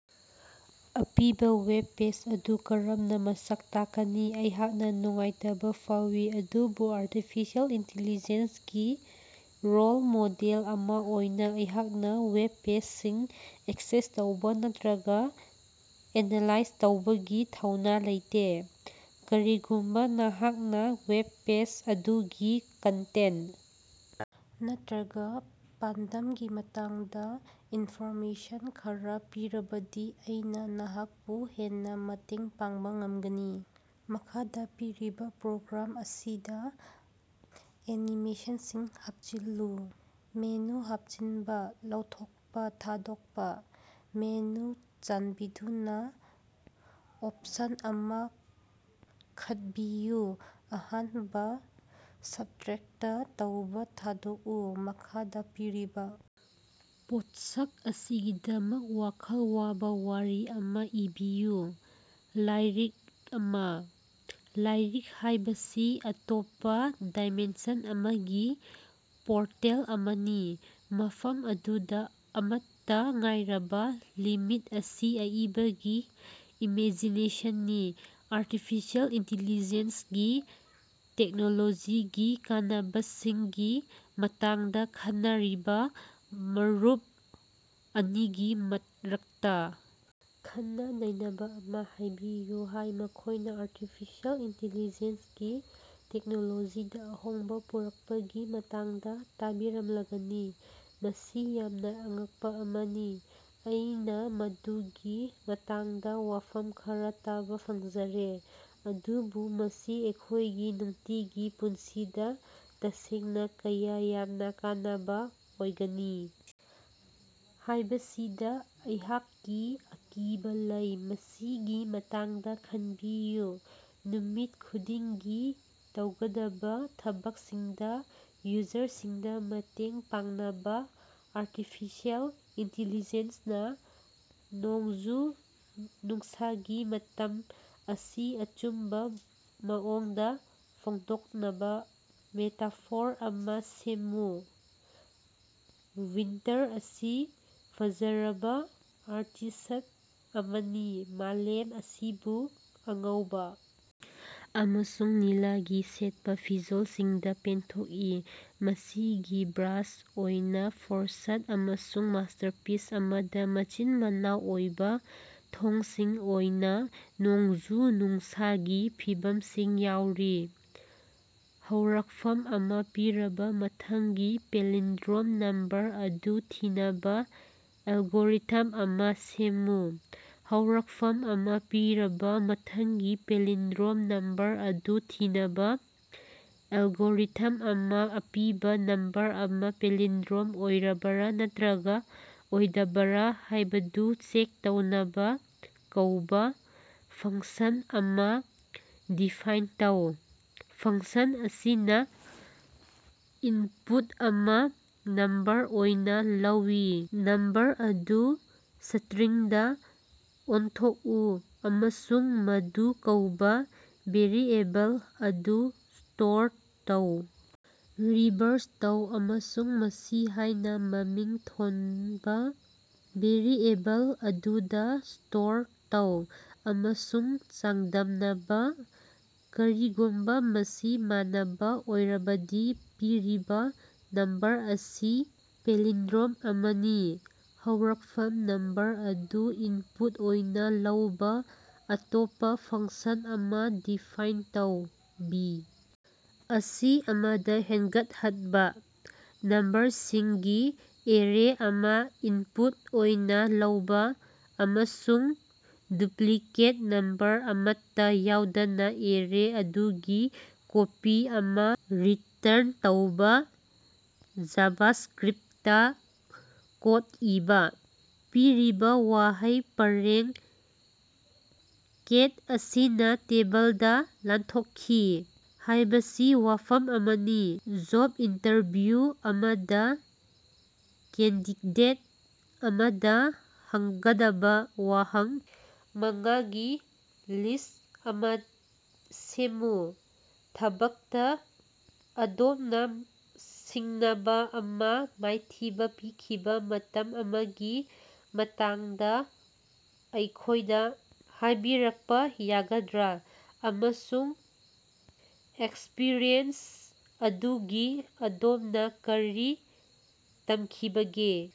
ꯑꯄꯤꯕ web page ꯑꯗꯨ ꯀꯔꯝꯅ ꯃꯁꯛ ꯇꯥꯛꯀꯅꯤ? ꯑꯩꯍꯥꯛꯅ ꯅꯨꯡꯉꯥꯏꯇꯕ ꯐꯥꯎꯏ, ꯑꯗꯨꯕꯨ ꯑꯥꯔꯇꯤꯐꯤꯁꯤꯑꯦꯜ ꯏꯟꯇꯦꯂꯤꯖꯦꯟꯁꯒꯤ ꯂꯣꯜ ꯃꯣꯗꯦꯜ ꯑꯃ ꯑꯣꯏꯅ ꯑꯩꯍꯥꯛꯅ ꯋꯦꯕ ꯄꯦꯖꯁꯤꯡ ꯑꯦꯛꯁꯦꯁ ꯇꯧꯕ ꯅꯠꯇ꯭ꯔꯒ ꯑꯦꯅꯥꯂꯥꯏꯖ ꯇꯧꯕꯒꯤ ꯊꯧꯅꯥ ꯂꯩꯇꯦ꯫ ꯀꯔꯤꯒꯨꯝꯕ ꯅꯍꯥꯛꯅ ꯋꯦꯕ ꯄꯦꯖ ꯑꯗꯨꯒꯤ ꯀꯟꯇꯦꯟꯇ ꯅꯠꯇ꯭ꯔꯒ ꯄꯥꯟꯗꯝꯒꯤ ꯃꯇꯥꯡꯗ ꯏꯟꯐꯣꯔꯃꯦꯁꯟ ꯈꯔ ꯄꯤꯔꯕꯗꯤ ꯑꯩꯅ ꯅꯍꯥꯛꯄꯨ ꯍꯦꯟꯅ ꯃꯇꯦꯡ ꯄꯥꯡꯕ ꯉꯝꯒꯅꯤ꯫ ꯃꯈꯥꯗ ꯄꯤꯔꯤꯕ ꯄ꯭ꯔꯣꯒ꯭ꯔꯥꯝ ꯑꯁꯤꯗ ꯑꯦꯅꯤꯃꯦꯁꯟꯁꯤꯡ ꯍꯥꯞꯆꯤꯜꯂꯨ꯫ ꯃꯦꯅꯨ ꯍꯥꯞꯆꯤꯟꯕ, ꯂꯧꯊꯣꯛꯄ, ꯊꯥꯗꯣꯛꯄ꯫ ꯃꯦꯅꯨ ꯆꯥꯟꯕꯤꯗꯨꯅ ꯑꯣꯞꯁꯟ ꯑꯃ ꯈꯠꯕꯤꯌꯨ ꯑꯍꯥꯟꯕ ꯁꯕꯇ꯭ꯔꯦꯛꯇ ꯇꯧꯕ ꯊꯥꯗꯣꯛꯎ꯫ ꯃꯈꯥꯗ ꯄꯤꯔꯤꯕ ꯄꯣꯠꯁꯛ ꯑꯁꯤꯒꯤꯗꯃꯛ ꯋꯥꯈꯜ ꯋꯥꯕ ꯋꯥꯔꯤ ꯑꯃ ꯏꯕꯤꯌꯨ꯫ ꯂꯥꯏꯔꯤꯛ ꯑꯃ꯫ ꯂꯥꯏꯔꯤꯛ ꯍꯥꯏꯕꯁꯤ ꯑꯇꯣꯞꯄ ꯗꯥꯏꯃꯦꯟꯁꯟ ꯑꯃꯒꯤ ꯄꯣꯔꯇꯦꯜ ꯑꯃꯅꯤ, ꯃꯐꯝ ꯑꯗꯨꯗ ꯑꯃꯠꯇ ꯉꯥꯏꯔꯕ ꯂꯤꯃꯤꯠ ꯑꯁꯤ ꯑꯏꯕꯒꯤ ꯏꯃꯦꯖꯤꯅꯦꯁꯟꯅꯤ꯫ ꯑꯥꯔꯇꯤꯐꯤꯁꯤꯑꯦꯜ ꯏꯟꯇꯦꯂꯤꯖꯦꯟꯁꯒꯤ ꯇꯦꯛꯅꯣꯂꯣꯖꯤꯒꯤ ꯀꯥꯟꯅꯕꯁꯤꯡꯒꯤ ꯃꯇꯥꯡꯗ ꯈꯟꯅꯔꯤꯕ ꯃꯔꯨꯞ ꯑꯅꯤꯒꯤ ꯃꯔꯛꯇ ꯈꯟꯅ-ꯅꯩꯅꯕ ꯑꯃ ꯍꯥꯏꯕꯤꯌꯨ꯫ ꯍꯥꯏ ꯃꯈꯣꯏꯅ ꯑꯥꯔꯇꯤꯐꯤꯁꯤꯑꯦꯜ ꯏꯟꯇꯦꯂꯤꯖꯦꯟꯁꯒꯤ ꯇꯦꯛꯅꯣꯂꯣꯖꯤꯗ ꯑꯍꯣꯡꯕ ꯄꯨꯔꯛꯄꯒꯤ ꯃꯇꯥꯡꯗ ꯇꯥꯕꯤꯔꯝꯂꯒꯅꯤ꯫ ꯃꯁꯤ ꯌꯥꯝꯅ ꯑꯉꯛꯄ ꯑꯃꯅꯤ꯫ ꯑꯩꯅ ꯃꯗꯨꯒꯤ ꯃꯇꯥꯡꯗ ꯋꯥꯐꯝ ꯈꯔ ꯇꯥꯕ ꯐꯪꯖꯔꯦ꯫ ꯑꯗꯨꯕꯨ ꯃꯁꯤ ꯑꯩꯈꯣꯏꯒꯤ ꯅꯨꯡꯇꯤꯒꯤ ꯄꯨꯟꯁꯤꯗ ꯇꯁꯦꯡꯅ ꯀꯌꯥ ꯌꯥꯝꯅ ꯀꯥꯟꯅꯕ ꯑꯣꯏꯒꯅꯤ ꯍꯥꯏꯕꯁꯤꯗ ꯑꯩꯍꯥꯛꯀꯤ ꯑꯀꯤꯕ ꯂꯩ꯫ ꯃꯁꯤꯒꯤ ꯃꯇꯥꯡꯗ ꯈꯟꯕꯤꯌꯨ꯫ ꯅꯨꯃꯤꯠ ꯈꯨꯗꯤꯡꯒꯤ ꯇꯧꯒꯗꯕ ꯊꯕꯛꯁꯤꯡꯗ ꯌꯨꯖꯔꯁꯤꯡꯗ ꯃꯇꯦꯡ ꯄꯥꯡꯅꯕ ꯑꯥꯔꯇꯤꯐꯤꯁꯤꯑꯦꯜ ꯏꯟꯇꯦꯂꯤꯖꯦꯟꯁꯅ ꯅꯣꯡꯖꯨ-ꯅꯨꯡꯁꯥꯒꯤ ꯃꯇꯝ ꯑꯁꯤ ꯑꯆꯨꯝꯕ ꯃꯑꯣꯡꯗ ꯐꯣꯡꯗꯣꯛꯅꯕ ꯃꯦꯇꯥꯐꯣꯔ ꯑꯃ ꯁꯦꯝꯃꯨ꯫ ꯋꯤꯟꯇꯔ ꯑꯁꯤ ꯐꯖꯔꯕ ꯑꯥꯔꯇꯤꯁ꯭ꯠ ꯑꯃꯅꯤ꯫ ꯃꯥꯂꯦꯝ ꯑꯁꯤꯕꯨ ꯑꯉꯧꯕ ꯑꯃꯁꯨꯡ ꯅꯤꯜꯒꯤ ꯁꯦꯠꯄ ꯐꯤꯖꯣꯜꯁꯤꯡꯗ ꯄꯦꯟꯊꯣꯛꯏ, ꯃꯁꯤꯒꯤ ꯕ꯭ꯔꯥꯁ ꯑꯣꯏꯅ ꯐ꯭ꯔꯣꯁ꯭ꯠ ꯑꯃꯁꯨꯡ ꯃꯥꯁꯇꯔꯄꯤꯁ ꯑꯃꯗ ꯃꯆꯤꯟ-ꯃꯅꯥꯎ ꯑꯣꯏꯕ ꯊꯣꯡꯁꯤꯡ ꯑꯣꯏꯅ ꯅꯣꯡꯖꯨ-ꯅꯨꯡꯁꯥꯒꯤ ꯐꯤꯚꯝꯁꯤꯡ ꯌꯥꯎꯔꯤ꯫ ꯍꯧꯔꯛꯐꯝ ꯑꯃ ꯄꯤꯔꯕ ꯃꯊꯪꯒꯤ ꯄꯦꯂꯤꯟꯗ꯭ꯔꯣꯝ ꯅꯝꯕꯔ ꯑꯗꯨ ꯊꯤꯅꯕ ꯑꯦꯜꯒꯣꯔꯤꯊꯝ ꯑꯃ ꯁꯦꯝꯃꯨ꯫ ꯍꯧꯔꯛꯐꯝ ꯑꯃ ꯄꯤꯔꯕ ꯃꯊꯪꯒꯤ ꯄꯦꯂꯤꯟꯗ꯭ꯔꯣꯝ ꯅꯝꯕꯔ ꯑꯗꯨ ꯊꯤꯅꯕ ꯑꯦꯜꯒꯣꯔꯤꯊꯝ ꯑꯃ ꯑꯄꯤꯕ ꯅꯝꯕꯔ ꯑꯃ ꯄꯦꯂꯤꯟꯗ꯭ꯔꯣꯝ ꯑꯣꯏꯔꯕꯔ ꯅꯠꯇ꯭ꯔꯒ ꯑꯣꯏꯗꯕꯔ ꯍꯥꯏꯕꯗꯨ ꯆꯦꯛ ꯇꯧꯅꯕ ꯀꯧꯕ ꯐꯪꯁꯟ ꯑꯃ ꯗꯤꯐꯥꯏꯟ ꯇꯧ꯫ ꯐꯪꯁꯟ ꯑꯁꯤꯅ ꯏꯟꯄꯨꯠ ꯑꯃ ꯅꯝꯕꯔ ꯑꯣꯏꯅ ꯂꯧꯏ꯫ ꯅꯝꯕꯔ ꯑꯗꯨ ꯁ꯭ꯇꯔꯤꯡꯗ ꯑꯣꯟꯊꯣꯛꯎ ꯑꯃꯁꯨꯡ ꯃꯗꯨ ꯀꯧꯕ ꯚꯦꯔꯤꯑꯦꯕꯜ ꯑꯗꯨ ꯁ꯭ꯇꯣꯔ ꯇꯧ꯫. ꯔꯤꯚꯔꯁ ꯇꯧ ꯑꯃꯁꯨꯡ ꯃꯁꯤ ꯍꯥꯏꯅ ꯃꯃꯤꯡ ꯊꯣꯟꯕ ꯚꯦꯔꯤꯑꯦꯕꯜ ꯑꯗꯨꯗ ꯁ꯭ꯇꯣꯔ ꯇꯧ ꯑꯃꯁꯨꯡ ꯆꯥꯡꯗꯝꯅꯕ, ꯀꯔꯤꯒꯨꯝꯕ ꯃꯁꯤ ꯃꯥꯟꯅꯕ ꯑꯣꯏꯔꯕꯗꯤ ꯄꯤꯔꯤꯕ ꯅꯝꯕꯔ ꯑꯁꯤ ꯄꯦꯂꯤꯟꯗ꯭ꯔꯣꯝ ꯑꯃꯅꯤ꯫ ꯍꯧꯔꯛꯐꯝ ꯅꯝꯕꯔ ꯑꯗꯨ ꯏꯟꯄꯨꯠ ꯑꯣꯏꯅ ꯂꯧꯕ ꯑꯇꯣꯞꯄ ꯐꯪꯁꯟ ꯑꯃ ꯗꯤꯐꯥꯏꯟ ꯇꯧ꯫ ꯕꯤ. ꯑꯁꯤ ꯑꯃꯗ ꯍꯦꯟꯒꯠꯍꯠꯕ꯫ ꯅꯝꯕꯔꯁꯤꯡꯒꯤ ꯑꯦꯔꯦ ꯑꯃ ꯏꯟꯄꯨꯠ ꯑꯣꯏꯅ ꯂꯧꯕ ꯑꯃꯁꯨꯡ ꯗꯨꯄ꯭ꯂꯤꯀꯦꯠ ꯅꯝꯕꯔ ꯑꯃꯠꯇ ꯌꯥꯎꯗꯅ ꯑꯦꯔꯦ ꯑꯗꯨꯒꯤ ꯀꯣꯄꯤ ꯑꯃ ꯔꯤꯇꯔꯟ ꯇꯧꯕ ꯖꯥꯚꯥꯁꯛꯔꯤꯞꯇ ꯀꯣꯗ ꯏꯕ꯫ ꯄꯤꯔꯤꯕ ꯋꯥꯍꯩ ꯄꯔꯦꯡ "ꯀꯦꯠ ꯑꯁꯤꯅ ꯇꯦꯕꯜꯗ ꯂꯥꯟꯊꯣꯛꯈꯤ" ꯍꯥꯢꯕꯁꯤ ꯋꯥꯐꯝ ꯑꯃꯅꯤ꯫ ꯖꯣꯕ ꯏꯟꯇꯔꯚ꯭ꯌꯨ ꯑꯃꯗ ꯀꯦꯟꯗꯤꯗꯦꯠ ꯑꯃꯗ ꯍꯪꯒꯗꯕ ꯋꯥꯍꯪ ꯃꯉꯥꯒꯤ ꯂꯤꯁ꯭ꯠ ꯑꯃ ꯁꯦꯝꯃꯨ꯫ ꯊꯕꯛꯇ ꯑꯗꯣꯝꯅ ꯁꯤꯡꯅꯕ ꯑꯃ ꯃꯥꯏꯊꯤꯕ ꯄꯤꯈꯤꯕ ꯃꯇꯝ ꯑꯃꯒꯤ ꯃꯇꯥꯡꯗ ꯑꯩꯈꯣꯏꯗ ꯍꯥꯏꯕꯤꯔꯛꯄ ꯌꯥꯒꯗ꯭ꯔꯥ, ꯑꯃꯁꯨꯡ ꯑꯦꯛꯁꯄꯔꯤꯌꯦꯟꯁ ꯑꯗꯨꯗꯒꯤ ꯑꯗꯣꯝꯅ ꯀꯔꯤ ꯇꯝꯈꯤꯕꯒꯦ?